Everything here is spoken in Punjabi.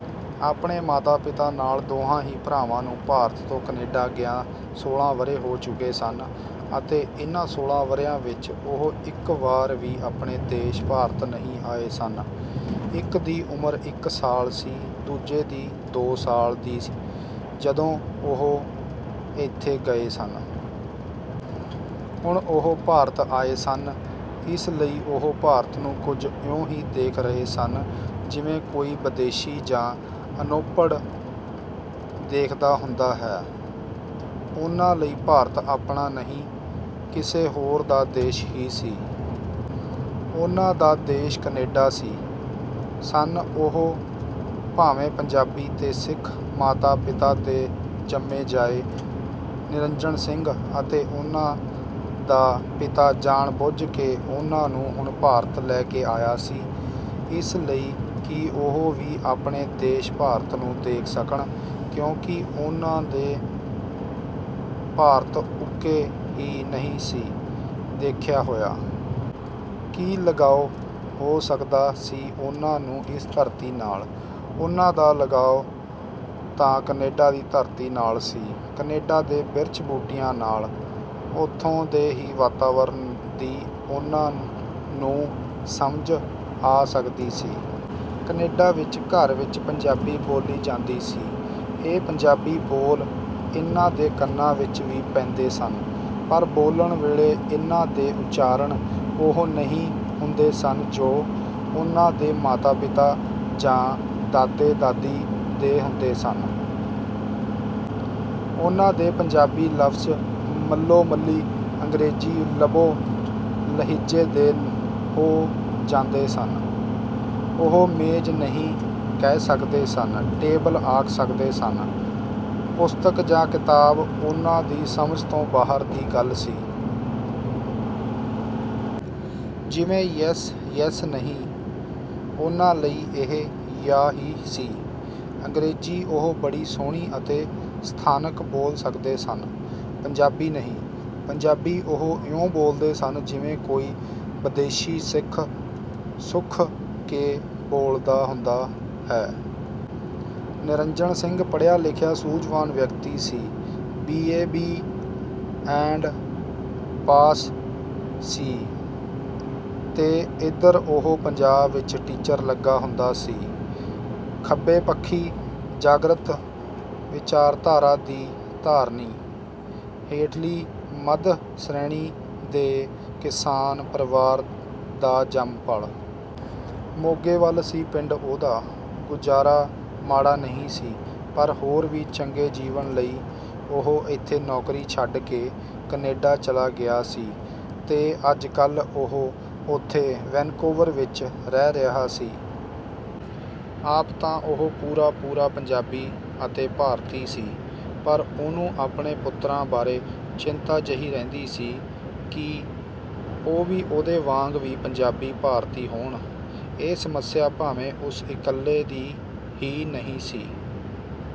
ਆਪਣੇ ਮਾਤਾ-ਪਿਤਾ ਨਾਲ ਦੋਹਾਂ ਹੀ ਭਰਾਵਾਂ ਨੂੰ ਭਾਰਤ ਤੋਂ ਕੈਨੇਡਾ ਗਿਆਂ ਸੋਲ੍ਹਾਂ ਵਰ੍ਹੇ ਹੋ ਚੁੱਕੇ ਸਨ ਤੇ ਇਹਨਾਂ ਸੋਲਾਂ ਵਰ੍ਹਿਆਂ ਵਿਚ ਉਹ ਇਕ ਵਾਰ ਵੀ ਆਪਣੇ ਦੇਸ਼ ਭਾਰਤ ਨਹੀਂ ਆਏ ਸਨ। ਇਕ ਦੀ ਉਮਰ ਇਕ ਸਾਲ ਸੀ, ਦੂਜੇ ਦੀ ਦੋ ਸਾਲ ਦੀ, ਜਦੋਂ ਉਹ ਏਥੋਂ ਗਏ ਸਨ। ਹੁਣ ਉਹ ਭਾਰਤ ਆਏ ਸਨ। ਇਸ ਲਈ ਉਹ ਭਾਰਤ ਨੂੰ ਕੁੱਝ ਇਉਂ ਹੀ ਦੇਖ ਰਹੇ ਸਨ ਜਿਵੇਂ ਕੋਈ ਬਦੇਸ਼ੀ ਜਾਂ ਅਨੋਭੜ ਦੇਖਦਾ ਹੁੰਦਾ ਹੈ। ਉਹਨਾਂ ਲਈ ਭਾਰਤ ਆਪਣਾ ਨਹੀਂ ਕਿਸੇ ਹੋਰ ਦਾ ਦੇਸ਼ ਹੀ ਸੀ। ਉਹਨਾਂ ਦਾ ਦੇਸ਼ ਕੈਨੇਡਾ ਸੀ। ਸਨ ਉਹ ਭਾਵੇਂ ਪੰਜਾਬੀ ਤੇ ਸਿੱਖ ਮਾਤਾ-ਪਿਤਾ ਦੇ ਜੰਮੇ ਜਾਏ। ਨਿਰੰਜਨ ਸਿੰਘ, ਉਹਨਾਂ ਦਾ ਪਿਤਾ ਜਾਣ-ਬੁੱਝ ਕੇ ਉਹਨਾਂ ਨੂੰ ਹੁਣ ਭਾਰਤ ਲੈ ਕੇ ਆਇਆ ਸੀ। ਇਸ ਲਈ ਕਿ ਉਹ ਵੀ ਆਪਣੇ ਦੇਸ਼ ਭਾਰਤ ਨੂੰ ਦੇਖ ਸਕਣ ਕਿਉਂਕਿ ਉਹਨਾਂ ਨੇ ਭਾਰਤ ਉਕਾ ਹੀ ਨਹੀਂ ਸੀ ਦੇਖਿਆ ਹੋਇਆ। ਕੀ ਲਗਾਊ ਹੋ ਸਕਦਾ ਸੀ ਉਹਨਾਂ ਨੂੰ ਇਸ ਧਰਤੀ ਨਾਲ? ਉਹਨਾਂ ਦਾ ਲਗਾਉ ਤਾਂ ਕੈਨੇਡਾ ਦੀ ਧਰਤੀ ਨਾਲ ਸੀ, ਕੈਨੇਡਾ ਦੇ ਬਿਰਛ-ਬੂਟਿਆਂ ਨਾਲ। ਉਥੋਂ ਦੇ ਹੀ ਵਾਤਾਵਰਣ ਦੀ ਉਹਨਾਂ ਨੂੰ ਸਮਝ ਆ ਸਕਦੀ ਸੀ। ਕੈਨੇਡਾ ਵਿਚ, ਘਰ ਵਿਚ, ਪੰਜਾਬੀ ਬੋਲੀ ਜਾਂਦੀ ਸੀ। ਇਹ ਪੰਜਾਬੀ ਬੋਲ ਇਹਨਾਂ ਦੇ ਕੰਨਾਂ ਵਿਚ ਵੀ ਪੈਂਦੇ ਸਨ ਪਰ ਬੋਲਣ ਵੇਲੇ ਇਹਨਾਂ ਦੇ ਉਚਾਰਨ ਉਹ ਨਹੀਂ ਹੁੰਦੇ ਸਨ ਜੋ ਉਹਨਾਂ ਦੇ ਮਾਤਾ-ਪਿਤਾ ਜਾਂ ਦਾਦੇ-ਦਾਦੀ ਦੇ ਹੁੰਦੇ ਸਨ। ਉਹਨਾਂ ਦੇ ਪੰਜਾਬੀ ਲਫ਼ਜ਼ ਮੰਲੋ-ਮੱਲੀ ਅੰਗੇਜ਼ੀ ਲਬੋ ਲਹਿਜ਼ੇ ਦੇ ਹੋ ਜਾਂਦੇ ਸਨ। ਉਹ ਮੇਜ਼ ਨਹੀਂ ਕਹਿ ਸਕਦੇ ਸਨ, ਟੇਬਲ ਆਖ ਸਕਦੇ ਸਨ। ਪੁਸਤਕ ਜਾਂ ਕਿਤਾਬ ਉਹਨਾਂ ਦੀ ਸਮਝ ਤੋਂ ਬਾਹਰ ਦੀ ਗੱਲ ਸੀ। ਜਿਵੇਂ ਯੈਸ? ਯੈਸ ਨਹੀਂ, ਉਹਨਾਂ ਲਈ ਇਹ "ਯਾਅ" ਹੀ ਸੀ। ਅੰਗਰੇਜ਼ੀ ਉਹ ਬੜੀ ਸੋਹਣੀ ਅਤੇ ਸਥਾਨਕ ਬੋਲ ਸਕਦੇ ਸਨ, ਪੰਜਾਬੀ ਨਹੀਂ। ਪੰਜਾਬੀ ਉਹ ਇਉਂ ਬੋਲਦੇ ਸਨ ਜਿਵੇਂ ਕੋਈ ਬਦੇਸ਼ੀ ਸਿੱਖ-ਸੁੱਖ ਕੇ ਬੋਲਦਾ ਹੁੰਦਾ ਹੈ। ਨਿਰੰਜਣ ਸਿੰਘ ਪੜ੍ਹਿਆ ਲਿਖਿਆ ਸੂਝਵਾਨ ਵਿਅਕਤੀ ਸੀ। B. A. B. Ed pass ਸੀ ਤੇ ਏਧਰ ਉਹ ਪੰਜਾਬ ਵਿਚ ਟੀਚਰ ਲੱਗਾ ਹੁੰਦਾ ਸੀ। ਖੱਬੇ ਪੱਖੀ ਜਾਗ੍ਰਤ ਵਿਚਾਰਧਾਰਾ ਦਾ ਧਾਰਨੀ। ਹੇਠਲੀ ਮੱਧ ਸ਼੍ਰੇਣੀ ਦੇ ਕਿਸਾਨ ਪਰਿਵਾਰ ਦਾ ਜੰਮਪਲ। ਮੋਗੇ ਵੱਲ ਸੀ ਪਿੰਡ ਉਹਦਾ। ਗੁਜ਼ਾਰਾ ਮਾੜਾ ਨਹੀਂ ਸੀ, ਪਰ ਹੋਰ ਵੀ ਚੰਗੇ ਜੀਵਨ ਲਈ ਉਹ ਏਥੋਂ ਨੌਕਰੀ ਛੱਡ ਕੇ ਕੈਨੇਡਾ ਚਲਾ ਗਿਆ ਸੀ ਤੇ ਅੱਜਕੱਲ੍ਹ ਉਹ ਉਥੇ ਵੈਨਕੂਵਰ ਵਿਚ ਰਹਿ ਰਿਹਾ ਸੀ। ਆਪ ਤਾਂ ਉਹ ਪੂਰਾ-ਪੂਰਾ ਪੰਜਾਬੀ ਅਤੇ ਭਾਰਤੀ ਸੀ ਪਰ ਉਹਨੂੰ ਆਪਣੇ ਪੁੱਤਰਾਂ ਬਾਰੇ ਚਿੰਤਾ ਜਿਹੀ ਰਹਿੰਦੀ ਸੀ ਕਿ ਉਹ ਵੀ ਉਹਦੇ ਵਾਂਗ ਵੀ ਪੰਜਾਬੀ ਭਾਰਤੀ ਹੋਣ। ਇਹ ਸਮੱਸਿਆ ਭਾਵੇਂ ਉਸ ਇਕੱਲੇ ਦੀ ਹੀ ਨਹੀਂ ਸੀ।